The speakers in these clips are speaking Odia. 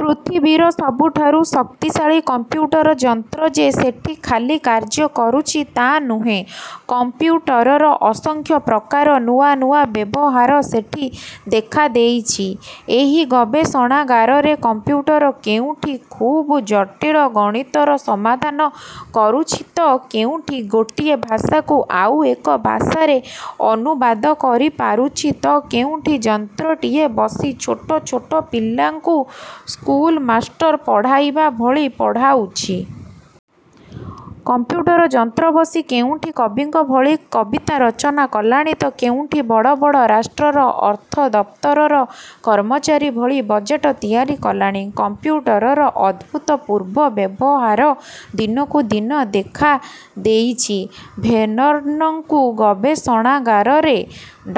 ପୃଥିବୀର ସବୁଠାରୁ ଶକ୍ତିଶାଳୀ କଂପ୍ୟୁଟର ଯନ୍ତ୍ର ଯେ ସେଠି ଖାଲି କାର୍ଯ୍ୟ କରୁଛି ତା ନୁହେଁ, କମ୍ପ୍ୟୁଟରର ଅସଂଖ୍ୟ ପ୍ରକାର ନୂଆ ନୂଆ ବ୍ୟବହାର ସେଠି ଦେଖାଦେଇଛି। ଏହି ଗବେଷଣାଗାରରେ କଂପ୍ୟୁଟର କେଉଁଠି ଖୁବ୍ ଜଟିଳ ଗଣିତର ସମାଧାନ କରୁଛି ତ କେଉଁଠି ଗୋଟିଏ ଭାଷାକୁ ଆଉ ଏକ ଭାଷାରେ ଅନୁବାଦ କରିପାରୁଛି ତ କେଉଁଠି ଯନ୍ତ୍ରଟିଏ ବସି ଛୋଟ ଛୋଟ ପିଲାଙ୍କୁ ସ୍କୁଲମାଷ୍ଟର ପଢ଼ାଇବାଭଳି ପଢ଼ାଉଛି। କମ୍ପ୍ୟୁଟର ଯନ୍ତ୍ର ବସି କେଉଁଠି କବିଙ୍କ ଭଳି କବିତା ରଚନା କଲାଣି ତ କେଉଁଠି ବଡ଼ ବଡ଼ ରାଷ୍ଟ୍ରର ଅର୍ଥଦପ୍ତରର କର୍ମଚାରୀ ଭଳି ବଜେଟ ତିଆରି କଲାଣି। କମ୍ପ୍ୟୁଟରର ଅଭୂତପୂର୍ବ ବ୍ୟବହାର ଦିନକୁ ଦିନ ଦେଖାଦେଇଛି ଭେର୍ନନ୍ଙ୍କ ଗବେଷଣାଗାରରେ।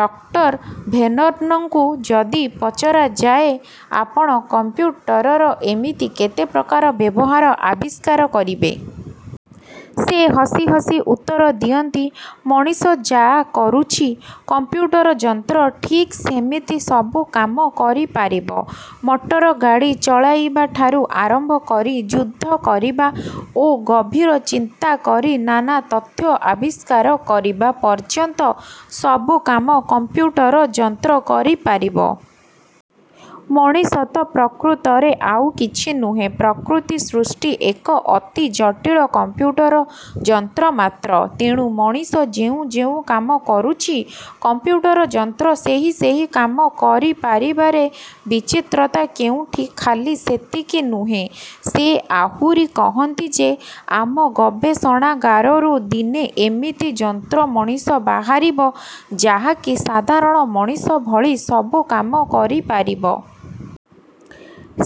ଡକ୍ଟର ଭେର୍ନନ୍ଙ୍କୁ ଯଦି ପଚରାଯାଏ, ଆପଣ କମ୍ପ୍ୟୁଟରର ଏମିତି କେତେ ପ୍ରକାର ବ୍ୟବହାର ଆବିଷ୍କାର କରିବେ? ସେ ହସି ହସି ଉତ୍ତର ଦିଅନ୍ତି, 'ମଣିଷ ଯା' କରୁଛି, କଂପ୍ୟୁଟର ଯନ୍ତ୍ର ଠିକ୍ ସେମିତି ସବୁ କାମ କରିପାରିବ। ମଟରଗାଡ଼ି ଚଳାଇବାଠାରୁ ଆରମ୍ଭକରି ଯୁଦ୍ଧ କରିବା ଓ ଗଭୀର ଚିନ୍ତାକରି ନାନା ତଥ୍ୟ ଆବିଷ୍କାର କରିବା ପର୍ଯ୍ୟନ୍ତ ସବୁ କାମ କମ୍ପ୍ୟୁଟର ଯନ୍ତ୍ର କରିପାରିବ। ମଣିଷ ତ ପ୍ରକୃତରେ ଆଉ କିଛି ନୁହେଁ ପ୍ରକୃତିସୃଷ୍ଟି ଏକ ଅତି ଜଟିଳ କମ୍ପ୍ୟୁଟର ଯନ୍ତ୍ର ମାତ୍ର। ତେଣୁ ମଣିଷ ଯେଉଁ ଯେଉଁ କାମ କରୁଛି, କମ୍ପ୍ୟୁଟର ଯନ୍ତ୍ର ସେହି ସେହି କାମ କରି ପାରିବାରେ ବିଚିତ୍ରତା କେଉଁଠି ଖାଲି ସେତିକି ନୁହେଁ, ସେ ଆହୁରି କହନ୍ତି ଯେ, 'ଆମ ଗବେଷଣାଗାରରୁ ଦିନେ ଏମିତି ଯନ୍ତ୍ରମଣିଷ ବାହାରିବ, ଯାହାକି ସାଧାରଣ ମଣିଷ ଭଳି ସବୁ କାମ କରିପାରିବ।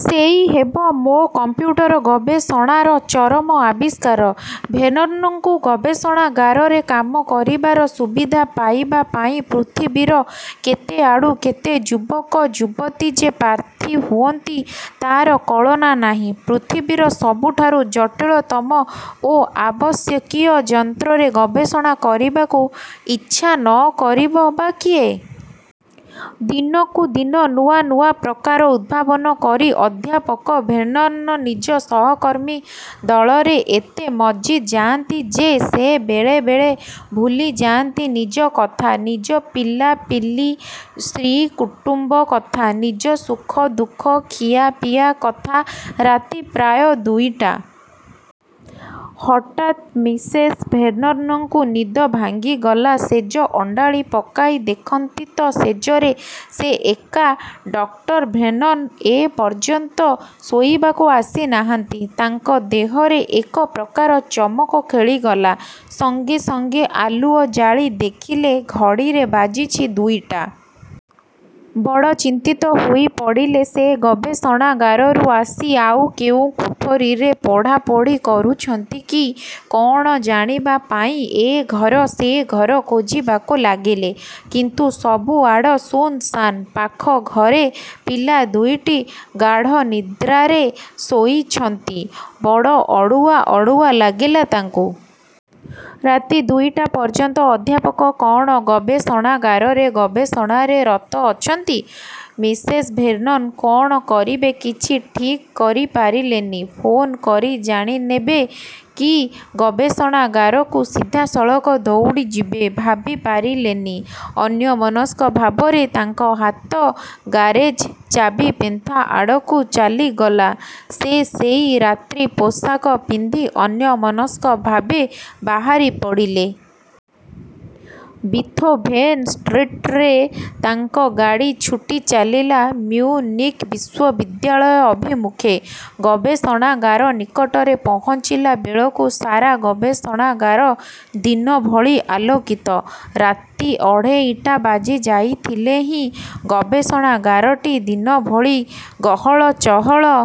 ସେଇ ହେବ ମୋ କମ୍ପ୍ୟୁଟର ଗବେଷଣାର ଚରମ ଆବିଷ୍କାର। ଭେର୍ନନ୍ଙ୍କ ଗବେଷଣାଗାରରେ କାମ କରିବାର ସୁବିଧା ପାଇବା ପାଇଁ ପୃଥିବୀର କେତେ ଆଡ଼ୁ କେତେ ଯୁବକଯୁବତୀ ଯେ ପ୍ରାର୍ଥୀ ହୁଅନ୍ତି, ତା'ର କଳନା ନାହିଁ। ପୃଥିବୀର ସବୁଠାରୁ ଜଟିଳତମ ଓ ଆବଶ୍ୟକୀୟ ଯନ୍ତ୍ରରେ ଗବେଷଣା କରିବାକୁ ଇଚ୍ଛା ନ କରିବ ବା କିଏ? ଦିନକୁ ଦିନ ନୂଆ ନୂଆ ପ୍ରକାର ଉଦ୍ଭାବନ କରି ଅଧ୍ୟାପକ ଭେର୍ନନ୍ ନିଜ ସହକର୍ମୀ ଦଳରେ ଏତେ ମଜ୍ଜି ଯାଆନ୍ତି ଯେ ସେ ବେଳେ ବେଳେ ଭୁଲିଯାନ୍ତି ନିଜ କଥା, ନିଜ ପିଲାପିଲି, ସ୍ତ୍ରୀକୁଟୁମ୍ବ କଥା। ନିଜ ସୁଖଦୁଃଖ, ଖିଆପିଆ କଥା ରାତି ପ୍ରାୟ ଦୁଇଟା। ହଠାତ୍ ମିସେସ୍ ଭେର୍ନନ୍ଙ୍କ ନିଦ ଭାଙ୍ଗିଗଲା ଶେଯ ଅଣ୍ଡାଳି ପକାଇ ଦେଖନ୍ତି ତ ଶେଯରେ ସେ ଏକା ଡକ୍ଟର ଭେର୍ନନ୍ ଏ ପର୍ଯ୍ୟନ୍ତ ଶୋଇବାକୁ ଆସି ନାହାନ୍ତି। ତାଙ୍କ ଦେହରେ ଏକ ପ୍ରକାର ଚମକ ଖେଳିଗଲା। ସଙ୍ଗେ ସଙ୍ଗେ ଆଲୁଅ ଜାଳି ଦେଖିଲେ ଘଡ଼ିରେ ବାଜିଛି ଦୁଇଟା। ବଡ଼ ଚିନ୍ତିତ ହୋଇ ପଡ଼ିଲେ ସେ ଗବେଷଣାଗାରରୁ ଆସି ଆଉ କେଉଁ କୋଠରୀରେ ପଢ଼ାପଢ଼ି କରୁଛନ୍ତି କି କଅଣ ଜାଣିବା ପାଇଁ ଏ ଘର ସେଘର ଖୋଜିବାକୁ ଲାଗିଲେ। କିନ୍ତୁ ସବୁ ଆଡ଼ ଶୂନଶାନ୍। ପାଖ ଘରେ ପିଲା ଦୁଇଟି ଗାଢ଼ନିଦ୍ରାରେ ଶୋଇଛନ୍ତି। ବଡ଼ ଅଡ଼ୁଆ ଅଡ଼ୁଆ ଲାଗିଲା ତାଙ୍କୁ। ରାତି ଦୁଇଟା ପର୍ଯ୍ୟନ୍ତ ଅଧ୍ୟାପକ କ'ଣ ଗବେଷଣାଗାରରେ ଗବେଷଣାରେ ରତ ଅଛନ୍ତି? ମିସେସ୍ ଭେର୍ନନ୍ କଣ କରିବେ କିଛି ଠିକ୍ କରିପାରିଲେନି। ଫୋନ୍ କରି ଜାଣିନେବେ, କି ଗବେଷଣାଗାରକୁ ସିଧାସଳଖ ଦୌଡ଼ିଯିବେ, ଭାବିପାରିଲେନି। ଅନ୍ୟମନସ୍କ ଭାବରେ ତାଙ୍କ ହାତ ଗାରେଜ୍ ଚାବିପେନ୍ଥା ଆଡ଼କୁ ଚାଲିଗଲା। ସେ ସେଇ ରାତ୍ରିପୋଷାକ ପିନ୍ଧି ଅନ୍ୟମନସ୍କ ଭାବେ ବାହାରି ପଡ଼ିଲେ। ବିଥୋଭେନ୍ ଷ୍ଟ୍ରୀଟରେ ତାଙ୍କ ଗାଡ଼ି ଛୁଟି ଚାଲିଲା ମିଉନିକ୍ ବିଶ୍ୱବିଦ୍ୟାଳୟ ଅଭିମୁଖେ। ଗବେଷଣାଗାର ନିକଟରେ ପହଞ୍ଚିଲାବେଳକୁ ସାରା ଗବେଷଣାଗାର ଦିନଭଳି ଆଲୋକିତ। ରାତି ଅଢ଼େଇଟା ବାଜି ଯାଇଥିଲେ ହିଁ ଗବେଷଣାଗାରଟି ଦିନଭଳି ଗହଳ ଚହଳ-